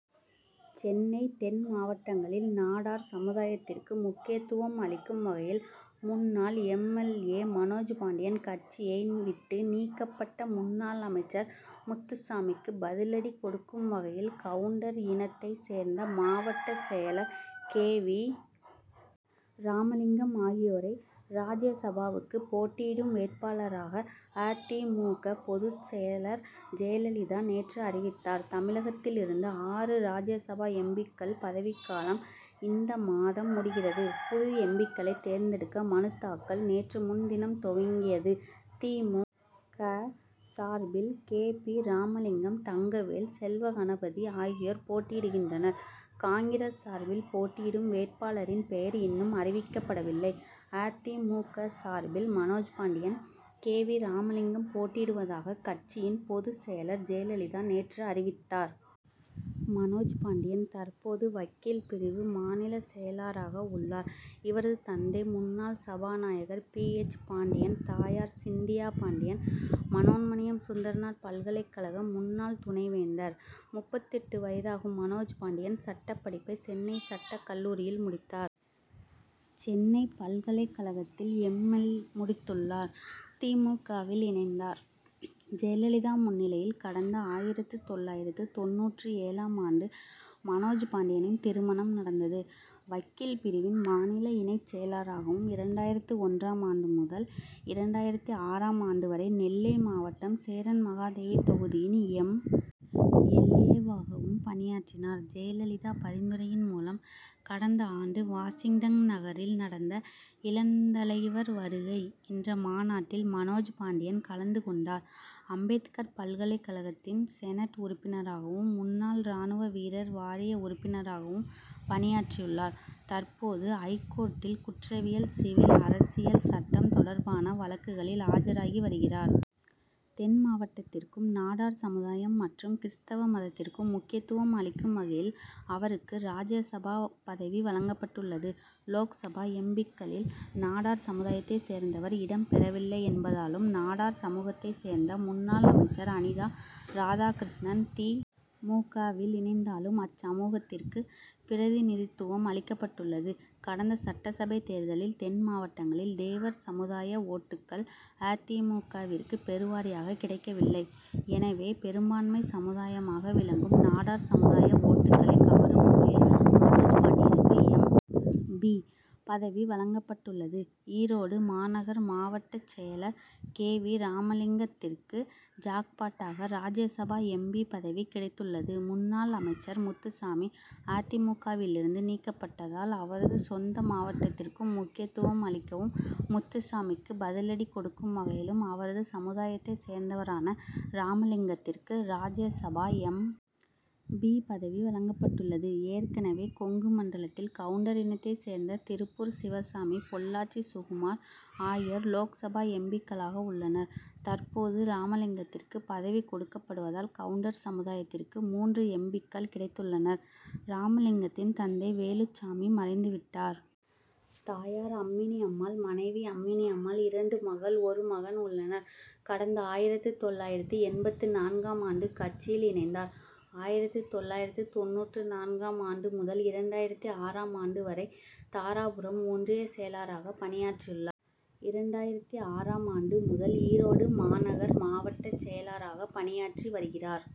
சென்னை தென் மாவட்டங்களில் நாடார் சமுதாயத்திற்கு முக்கியத்துவம் அளிக்கும் வகையில், முன்னாள் M. L. A., Manoj Pandian, கட்சியை விட்டு நீக்கப் பட்ட முன்னாள் அமைச்சர் முத்துசாமிக்கு பதிலடி கொடுக் கும் வகையில், கவுண்டர் இனத் தைச் சேர்ந்த மாவட்டச் செயலர் கே. வி. ராமலிங்கம் ஆகியோரை ராஜ்யசபாவுக்கு போட்டியிடும் வேட்பாளர்களாக அ. தி. மு. க., பொதுச்செயலர் ஜெயலலிதா நேற்று அறிவித்தார். தமிழகத்திலிருந்து ஆறு ராஜ்யசபா எம். பி.,க்களின் பதவிக்காலம் இந்த மாதம் முடிகிறது. புது எம். பி.,க்களை தேர்ந்தெடுக்க மனு தாக்கல் நேற்று முன்தினம் துவங்கியது. தி. மு. க., சார்பில் கே. பி. ராமலிங்கம், தங்கவேல், செல்வகணபதி ஆகியோர் போட்டியிடுகின்றனர். காங்கிரஸ் சார்பில் போட்டியிடும் வேட்பாளரின் பெயர் இன் னும் அறிவிக்கப்படவில்லை. அ. தி. மு. க., சார் பில் மனோஜ்பாண்டியன், கே. வி. ராமலிங்கம் போட்டியிடுவதாக கட்சியின் பொதுச்செயலர் ஜெயலலிதா நேற்று அறிவித்தார். மனோஜ் பாண்டியன் தற்போது வக்கீல் பிரிவு மாநில செயலராக உள்ளார். இவரது தந்தை முன்னாள் சபாநாயகர் பி. எச். பாண்டியன். தாயார் சிந்தியா பாண்டியன், மனோன்மணியம் சுந்தரனார் பல்கலைக் கழக முன்னாள் துணைவேந்தர். முப்பத்து எட்டு வயதாகும் மனோஜ் பாண்டியன், சட்டப் படிப்பை சென்னை சட்டக் கல்லூரியில் முடித்தார். சென்னை பல்கலைக் கழகத்தில் எம். எல்., முடித்துள் ளார். தி. மு. க., வில் இணைந்தார். ஜெயலலிதா முன்னிலையில் கடந்த ஆயிரத்து தொள்ளாயிரத்து தொண்ணூற்று ஏழாம் ஆண்டு மனோஜ் பாண்டியனின் திருமணம் நடந்தது. வக்கீல் பிரிவின் மாநில இணைச் செயலராகவும், இரண்டாயிரத்து ஒன்றாம் ஆண்டு முதல் இரண்டாயிரத்து ஆறாம் ஆண்டு வரை நெல்லை மாவட்டம் சேரன்மகாதேவி தொகுதியின் எம். எல். ஏ.,வாகவும் பணியாற்றினார். ஜெயலலிதா பரிந்துரையின் மூலம் கடந்த ஆண்டு வாஷிங்டன் நகரில் நடந்த, "இளந்தலைவர் வருகை' என்ற மாநாட்டில் மனோஜ் பாண்டியன் கலந்து கொண்டார். அம்பேத்கர் பல்கலைக் கழகத்தின் செனட் உறுப்பினராகவும், முன்னாள் ராணுவ வீரர் வாரிய உறுப்பினராகவும் பணியாற்றியுள்ளார். தற்போது, ஐகோர்ட் டில் குற்றவியல், சிவில், அரசியல் சட்டம் தொடர் பான வழக்குகளில் ஆஜராகி வருகிறார். தென் மாவட்டத்திற்கும், நாடார் சமுதாயம் மற் றும் கிறிஸ்தவ மதத் திற்கு முக்கியத்துவம் அளிக்கும் வகையில் அவருக்கு ராஜ்யசபா பதவி வழங்கப்பட்டுள்ளது. லோக்சபா எம். பி.,க்களில் நாடார் சமுதாயத்தை சேர்ந்தவர் இடம் பெறவில்லை என்பதாலும், நாடார் சமூகத்தை சேர்ந்த முன்னாள் அமைச்சர் அனிதா ராதாகிருஷ்ணன், தி. மு. க.,வில் இணைந்ததாலும் அச்சமூகத்திற்கு பிரதிநிதித்துவம் அளிக்கப்பட்டுள்ளது. கடந்த சட்டசபை தேர்தலில் தென் மாவட்டங்களில் தேவர் சமுதாய ஓட் டுக்கள் அ. தி. மு. க.,விற்கு பெருவாரியாக கிடைக்கவில்லை. எனவே, பெரும் பான்மை சமுதாயமாக விளங்கும் நாடார் சமுதாய ஓட் டுக்களை கவரும் வகையில் மனோஜ் பாண்டியனுக்கு எம். பி., பதவி வழங் கப்பட்டுள்ளது. ஈரோடு மாநகர் மாவட்டச் செயலர் கே. வி. ராமலிங்கத் திற்கு ஜாக்பாட்டாக ராஜ்யசபா எம். பி., பதவி கிடைத் துள்ளது. முன்னாள் அமைச்சர் முத்துசாமி அ. தி. மு. க.,விலிருந்து நீக்கப்பட்டதால் அவரது சொந்த மாவட்டத்திற்கு முக்கியத்துவம் அளிக்கவும், முத்துசாமிக்கு பதிலடி கொடுக்கும் வகையிலும் அவரது சமுதாயத்தைச் சேர்ந்தவரான ராமலிங்கத்திற்கு ராஜ்யசபா எம். பி., பதவி வழங்கப்பட்டுள்ளது. ஏற்கனவே, கொங்கு மண்டலத்தில் கவுண்டர் இனத்தைச் சேர்ந்த திருப்பூர் சிவசாமி, பொள்ளாச்சி சுகுமார் ஆகியோர் லோக்சபா எம். பி.,க் களாக உள்ளனர். தற்போது ராமலிங்கத்திற்கு பதவி கொடுக் கப்படுவதால் கவுண்டர் சமுதாயத்திற்கு மூன்று எம். பி.,க்கள் கிடைத்துள்ளனர். ராமலிங்கத்தின் தந்தை வேலுச் சாமி மறைந்து விட்டார். தாயார் அம்மினி அம்மாள். மனைவி அம்மனி அம்மாள். இரண்டு மகள், ஒரு மகன் உள்ளனர். கடந்த ஆயிரத்து தொள்ளாயிரத்து எண்பத்து நான்காம் ஆண்டு கட்சியில் இணைந்தார். ஆயிரத்து தொள்ளாயிரத்து தொண்ணூற்று நான்காம் ஆண்டு முதல் இரண்டாயிரத்து ஆறாம் ஆண்டு வரை தாராபுரம் ஒன்றிய செயலராக பணியாற்றியுள்ளார். இரண்டாயிரத்து ஆறாம் ஆண்டு முதல் ஈரோடு மாநகர் மாவட்டச் செயலராக பணியாற்றி வருகிறார்.